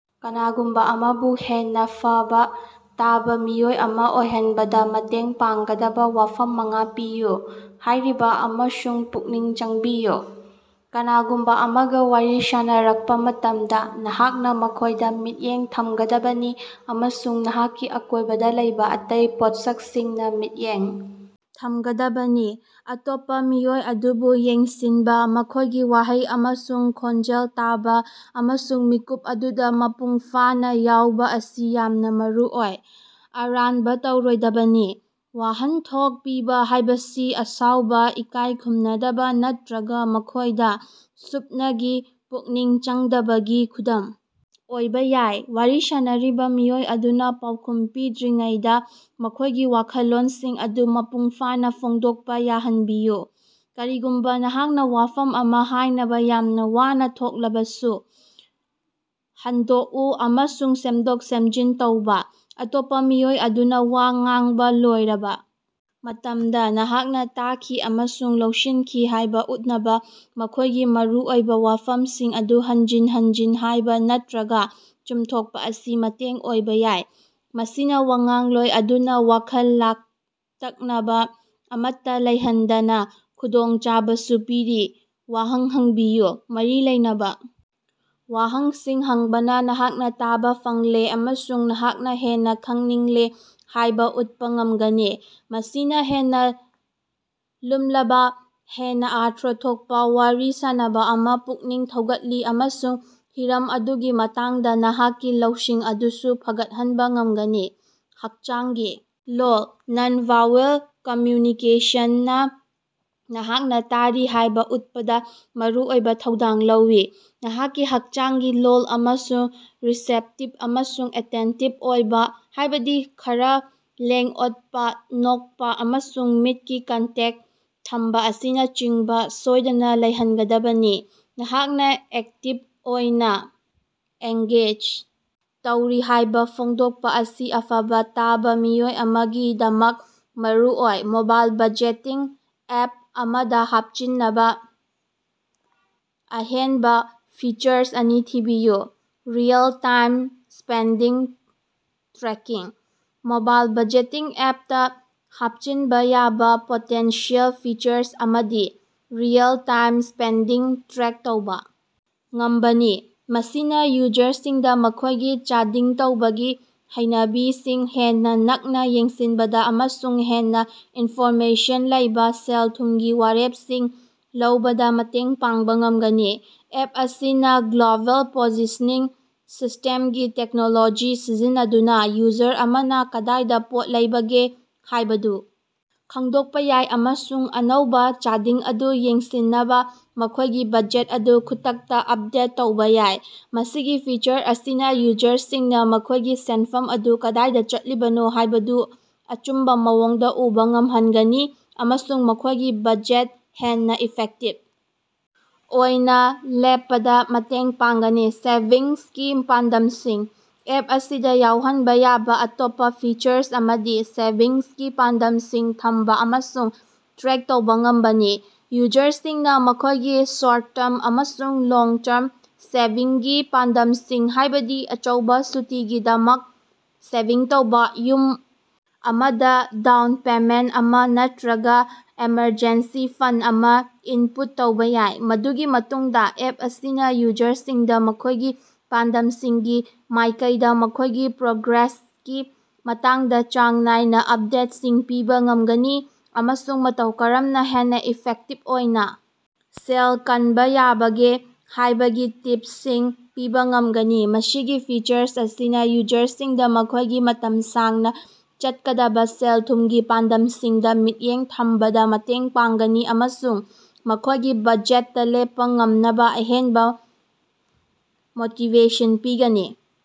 ꯀꯅꯥꯒꯨꯝꯕ ꯑꯃꯕꯨ ꯍꯦꯟꯅ ꯐꯕ ꯇꯥꯕ ꯃꯤꯑꯣꯏ ꯑꯃ ꯑꯣꯏꯍꯟꯕꯗ ꯃꯇꯦꯡ ꯄꯥꯡꯒꯗꯕ ꯋꯥꯐꯝ ꯃꯉꯥ ꯄꯤꯌꯨ꯫ ꯍꯥꯏꯔꯤꯕ ꯑꯃꯁꯨꯡ ꯄꯨꯛꯅꯤꯡ ꯆꯪꯕꯤꯌꯨ: ꯀꯅꯥꯒꯨꯝꯕ ꯑꯃꯒ ꯋꯥꯔꯤ ꯁꯥꯅꯔꯛꯄ ꯃꯇꯝꯗ, ꯅꯍꯥꯛꯅ ꯃꯈꯣꯏꯗ ꯃꯤꯠꯌꯦꯡ ꯊꯝꯒꯗꯕꯅꯤ ꯑꯃꯁꯨꯡ ꯅꯍꯥꯛꯀꯤ ꯑꯀꯣꯏꯕꯗ ꯂꯩꯕ ꯑꯇꯩ ꯄꯣꯠꯁꯛꯁꯤꯡꯅ ꯃꯤꯠꯌꯦꯡ ꯊꯝꯒꯗꯕꯅꯤ꯫ ꯑꯇꯣꯞꯄ ꯃꯤꯑꯣꯏ ꯑꯗꯨꯕꯨ ꯌꯦꯡꯁꯤꯟꯕ, ꯃꯈꯣꯏꯒꯤ ꯋꯥꯍꯩ ꯑꯃꯁꯨꯡ ꯈꯣꯟꯖꯦꯜ ꯇꯥꯕ, ꯑꯃꯁꯨꯡ ꯃꯤꯀꯨꯞ ꯑꯗꯨꯗ ꯃꯄꯨꯡ ꯐꯥꯅ ꯌꯥꯎꯕ ꯑꯁꯤ ꯌꯥꯝꯅ ꯃꯔꯨꯑꯣꯏ꯫ ꯑꯔꯥꯟꯕ ꯇꯧꯔꯣꯏꯗꯕꯅꯤ: ꯋꯥꯍꯟꯊꯣꯛ ꯄꯤꯕ ꯍꯥꯏꯕꯁꯤ ꯑꯁꯥꯎꯕ, ꯏꯀꯥꯏ ꯈꯨꯝꯅꯗꯕ ꯅꯠꯇꯔꯒ ꯃꯈꯣꯏꯗ ꯁꯨꯞꯅꯒꯤ ꯄꯨꯛꯅꯤꯡ ꯆꯪꯗꯕꯒꯤ ꯈꯨꯗꯝ ꯑꯣꯏꯕ ꯌꯥꯏ꯫ ꯋꯥꯔꯤ ꯁꯥꯟꯅꯔꯤꯕ ꯃꯤꯑꯣꯏ ꯑꯗꯨꯅ ꯄꯥꯎꯈꯨꯝ ꯄꯤꯗ꯭ꯔꯤꯉꯩꯗ ꯃꯈꯣꯏꯒꯤ ꯋꯥꯈꯜꯂꯣꯟꯁꯤꯡ ꯑꯗꯨ ꯃꯄꯨꯡ ꯐꯥꯅ ꯐꯣꯡꯗꯣꯛꯄ ꯌꯥꯍꯟꯕꯤꯌꯨ, ꯀꯔꯤꯒꯨꯝꯕ ꯅꯍꯥꯛꯅ ꯋꯥꯐꯝ ꯑꯃ ꯍꯥꯏꯅꯕ ꯌꯥꯝꯅ ꯋꯥꯅ ꯊꯣꯛꯂꯕꯁꯨ꯫ ꯍꯟꯗꯣꯛꯎ ꯑꯃꯁꯨꯡ ꯁꯦꯝꯗꯣꯛ-ꯁꯦꯝꯖꯤꯟ ꯇꯧꯕꯥ: ꯑꯇꯣꯞꯄ ꯃꯤꯑꯣꯏ ꯑꯗꯨꯅ ꯋꯥ ꯉꯥꯡꯕ ꯂꯣꯏꯔꯕ ꯃꯇꯝꯗ, ꯅꯍꯥꯛꯅ ꯇꯥꯈꯤ ꯑꯃꯁꯨꯡ ꯂꯧꯁꯤꯟꯈꯤ ꯍꯥꯏꯕ ꯎꯠꯅꯕ ꯃꯈꯣꯏꯒꯤ ꯃꯔꯨꯑꯣꯏꯕ ꯋꯥꯐꯝꯁꯤꯡ ꯑꯗꯨ ꯍꯟꯖꯤꯟ ꯍꯟꯖꯤꯟ ꯍꯥꯏꯕ ꯅꯠꯇꯔꯒ ꯆꯨꯝꯊꯣꯛꯄ ꯑꯁꯤ ꯃꯇꯦꯡ ꯑꯣꯏꯕ ꯌꯥꯏ꯫ ꯃꯁꯤꯅ ꯋꯥꯉꯥꯡꯂꯣꯏ ꯑꯗꯨꯅ ꯋꯥꯈꯜ ꯂꯥꯡꯇꯛꯅꯕ ꯑꯃꯠꯇ ꯂꯩꯍꯟꯗꯅ ꯈꯨꯗꯣꯡꯆꯥꯕꯁꯨ ꯄꯤꯔꯤ꯫ ꯋꯥꯍꯪ ꯍꯪꯕꯤꯌꯨ: ꯃꯔꯤ ꯂꯩꯅꯕ ꯋꯥꯍꯪꯁꯤꯡ ꯍꯪꯕꯅ ꯅꯍꯥꯛꯅ ꯇꯥꯕ ꯐꯪꯂꯦ ꯑꯃꯁꯨꯡ ꯅꯍꯥꯛꯅ ꯍꯦꯟꯅꯥ ꯈꯪꯅꯤꯡꯂꯤ ꯍꯥꯏꯕ ꯎꯠꯄ ꯉꯝꯒꯅꯤ꯫ ꯃꯁꯤꯅ ꯍꯦꯟꯅ ꯂꯨꯝꯂꯕ, ꯍꯦꯟꯅ ꯑꯔꯊ ꯊꯣꯛꯄ ꯋꯥꯔꯤ ꯁꯥꯅꯕ ꯑꯃꯥ ꯄꯨꯛꯅꯤꯡ ꯊꯧꯒꯠꯂꯤ ꯑꯃꯁꯨꯡ ꯍꯤꯔꯝ ꯑꯗꯨꯒꯤ ꯃꯇꯥꯡꯗ ꯅꯍꯥꯛꯀꯤ ꯂꯧꯁꯤꯡ ꯑꯗꯨꯁꯨ ꯐꯒꯠꯍꯟꯕ ꯉꯝꯒꯅꯤ꯫ ꯍꯛꯆꯥꯡꯒꯤ ꯂꯣꯜ: ꯅꯟ-ꯚꯥꯔꯕꯦꯜ ꯀꯝꯃ꯭ꯌꯨꯅꯤꯀꯦꯁꯟꯅ ꯅꯍꯥꯛꯅ ꯇꯥꯔꯤ ꯍꯥꯏꯕ ꯎꯠꯄꯗ ꯃꯔꯨꯑꯣꯏꯕ ꯊꯧꯗꯥꯡ ꯂꯧꯏ꯫ ꯅꯍꯥꯛꯀꯤ ꯍꯛꯆꯥꯡꯒꯤ ꯂꯣꯜ ꯑꯃꯁꯨꯡ ꯔꯤꯁꯦꯞꯇꯤꯚ ꯑꯃꯁꯨꯡ ꯑꯦꯇꯦꯟꯇꯤꯚ ꯑꯣꯏꯕ, ꯍꯥꯏꯕꯗꯤ ꯈꯔ ꯂꯦꯡ-ꯑꯣꯠꯄ, ꯅꯣꯛꯄ, ꯑꯃꯁꯨꯡ ꯃꯤꯠꯀꯤ ꯀꯟꯇꯦꯛ ꯊꯝꯕ ꯑꯁꯤꯅꯆꯤꯡꯕ ꯁꯣꯏꯗꯅ ꯂꯩꯍꯟꯒꯗꯕꯅꯤ꯫ ꯅꯍꯥꯛꯅ ꯑꯦꯛꯇꯤꯚ ꯑꯣꯏꯅ ꯑꯦꯡꯒꯦꯖ ꯇꯧꯔꯤ ꯍꯥꯏꯕ ꯐꯣꯡꯗꯣꯛꯄ ꯑꯁꯤ ꯑꯐꯕ ꯇꯥꯕ ꯃꯤꯑꯣꯏ ꯑꯃꯒꯤꯗꯃꯛ ꯃꯔꯨꯑꯣꯏ꯫ ꯃꯣꯕꯥꯏꯜ ꯕꯖꯦꯇꯤꯡ ꯑꯦꯞ ꯑꯃꯗ ꯍꯥꯞꯆꯤꯟꯅꯕ ꯑꯍꯦꯟꯕ ꯐꯤꯆꯔ ꯑꯅꯤ ꯊꯤꯕꯤꯌꯨ꯫ Real time spending tracking: mobile budgeting ꯑꯦꯞꯇ ꯍꯥꯞꯆꯤꯟꯕ ꯌꯥꯕ ꯄꯣꯇꯦꯟꯁꯤꯌꯦꯜ ꯐꯤꯆꯔ ꯑꯃꯗꯤ ꯔꯤꯑꯦꯜ-ꯇꯥꯏꯝ ꯁ꯭ꯄꯦꯟꯗꯤꯡ ꯇ꯭ꯔꯦꯛ ꯇꯧꯕ ꯉꯝꯕꯅꯤ꯫ ꯃꯁꯤꯅ ꯌꯨꯖꯔꯁꯤꯡꯗ ꯃꯈꯣꯏꯒꯤ ꯆꯥꯗꯤꯡ ꯇꯧꯕꯒꯤ ꯍꯩꯅꯕꯤꯁꯤꯡ ꯍꯦꯟꯅ ꯅꯛꯅ ꯌꯦꯡꯁꯤꯟꯕꯗ ꯑꯃꯁꯨꯡ ꯍꯦꯟꯅ ꯏꯟꯐꯣꯔꯃꯦꯁꯟ ꯂꯩꯕ ꯁꯦꯜ-ꯊꯨꯝꯒꯤ ꯋꯥꯔꯦꯞꯁꯤꯡ ꯂꯧꯕꯗ ꯃꯇꯦꯡ ꯄꯥꯡꯕ ꯉꯝꯒꯅꯤ꯫ ꯑꯦꯞ ꯑꯁꯤꯅ ꯒ꯭ꯂ‌ꯣꯕ‌ꯦꯜ ꯄ‌ꯣꯖꯤꯁꯟꯅꯤꯡ ꯁꯤꯁꯇ‌ꯦꯝꯀꯤ ꯇꯦꯛꯅꯣꯂꯣꯖꯤ ꯁꯤꯖꯤꯟꯅꯗꯨꯅ ꯌꯨꯖꯔ ꯑꯃꯅ ꯀꯗꯥꯏꯗ ꯄꯣꯠ ꯂꯩꯕꯒꯦ ꯍꯥꯏꯕꯗꯨ ꯈꯪꯗꯣꯛꯄ ꯌꯥꯏ ꯑꯃꯁꯨꯡ ꯑꯅꯧꯕ ꯆꯥꯗꯤꯡ ꯑꯗꯨ ꯌꯦꯡꯁꯤꯟꯅꯕ ꯃꯈꯣꯏꯒꯤ ꯕꯖꯦꯠ ꯑꯗꯨ ꯈꯨꯗꯛꯇ ꯑꯞꯗꯦꯠ ꯇꯧꯕ ꯌꯥꯏ꯫ ꯃꯁꯤꯒꯤ ꯐꯤꯆꯔ ꯑꯁꯤꯅ ꯌꯨꯖꯔꯁꯤꯡꯅ ꯃꯈꯣꯏꯒꯤ ꯁꯦꯟꯐꯝ ꯑꯗꯨ ꯀꯗꯥꯏꯗ ꯆꯠꯂꯤꯕꯅꯣ ꯍꯥꯏꯕꯗꯨ ꯑꯆꯨꯝꯕ ꯃꯑꯣꯡꯗ ꯎꯕ ꯉꯝꯍꯟꯒꯅꯤ ꯑꯃꯁꯨꯡ ꯃꯈꯣꯏꯒꯤ ꯕꯖꯦꯠꯇ ꯍꯦꯟꯅ ꯏꯐꯦꯛꯇꯤꯚ ꯑꯣꯏꯅ ꯂꯦꯞꯄꯗ ꯃꯇꯦꯡ ꯄꯥꯡꯒꯅꯤ꯫ ꯁꯦꯚꯤꯡꯁꯀꯤ ꯄꯥꯟꯗꯝꯁꯤꯡ: ꯑꯦꯞ ꯑꯁꯤꯗ ꯌꯥꯎꯍꯟꯕ ꯌꯥꯕ ꯑꯇꯣꯞꯄ ꯐꯤꯆꯔ ꯑꯃꯗꯤ ꯁꯦꯚꯤꯡꯁꯀꯤ ꯄꯥꯟꯗꯝꯁꯤꯡ ꯊꯝꯕ ꯑꯃꯁꯨꯡ ꯇ꯭ꯔꯦꯛ ꯇꯧꯕ ꯉꯝꯕꯅꯤ꯫ ꯌꯨꯖꯔꯁꯤꯡꯅ ꯃꯈꯣꯏꯒꯤ ꯁꯣꯔꯠ-ꯇꯔꯝ ꯑꯃꯁꯨꯡ ꯂꯣꯡ-ꯇꯔꯝ ꯁꯦꯚꯤꯡꯒꯤ ꯄꯥꯟꯗꯝꯁꯤꯡ, ꯍꯥꯏꯕꯗꯤ ꯑꯆꯧꯕ ꯁꯨꯇꯤꯒꯤꯗꯃꯛ ꯁꯦꯚꯤꯡ ꯇꯧꯕ, ꯌꯨꯝ ꯑꯃꯗ ꯗꯥꯎꯟ ꯄꯦꯃꯦꯟꯠ ꯑꯃꯥ ꯅꯠꯇꯔꯒ ꯑꯦꯃꯔꯖꯦꯟꯁꯤ ꯐꯟꯗ ꯑꯃ ꯏꯟꯄꯨꯠ ꯇꯧꯕ ꯌꯥꯏ꯫ ꯃꯗꯨꯒꯤ ꯃꯇꯨꯡꯗ ꯑꯦꯞ ꯑꯁꯤꯅ ꯌꯨꯖꯔꯁꯤꯡꯗ ꯃꯈꯣꯏꯒꯤ ꯄꯥꯟꯗꯝꯁꯤꯡꯒꯤ ꯃꯥꯏꯀꯩꯗ ꯃꯈꯣꯏꯒꯤ ꯄ꯭ꯔꯣꯒ꯭ꯔꯦꯁꯀꯤ ꯃꯇꯥꯡꯗ ꯆꯥꯡ ꯅꯥꯏꯅ ꯑꯞꯗꯦꯠꯁꯤꯡ ꯄꯤꯕ ꯉꯝꯒꯅꯤ ꯑꯃꯁꯨꯡ ꯃꯇꯧ ꯀꯔꯝꯅ ꯍꯦꯟꯅ ꯏꯐꯦꯛꯇꯤꯚ ꯑꯣꯏꯅ ꯁꯦꯜ ꯀꯟꯕ ꯌꯥꯕꯒꯦ ꯍꯥꯏꯕꯒꯤ ꯇꯤꯞꯁꯁꯤꯡ ꯄꯤꯕ ꯉꯝꯒꯅꯤ꯫ ꯃꯁꯤꯒꯤ ꯐꯤꯆꯔ ꯑꯁꯤꯅ ꯌꯨꯖꯔꯁꯤꯡꯗ ꯃꯈꯣꯏꯒꯤ ꯃꯇꯝ ꯁꯥꯡꯅ ꯆꯠꯀꯗꯕ ꯁꯦꯜ-ꯊꯨꯝꯒꯤ ꯄꯥꯟꯗꯝꯁꯤꯡꯗ ꯃꯤꯠꯌꯦꯡ ꯊꯝꯕꯗ ꯃꯇꯦꯡ ꯄꯥꯡꯒꯅꯤ ꯑꯃꯁꯨꯡ ꯃꯈꯣꯏꯒꯤ ꯕꯖꯦꯠꯇ ꯂꯦꯞꯄ ꯉꯝꯅꯕ ꯑꯍꯦꯟꯕ ꯃꯣꯇꯤꯕꯦꯁꯟ ꯄꯤꯒꯅꯤ꯫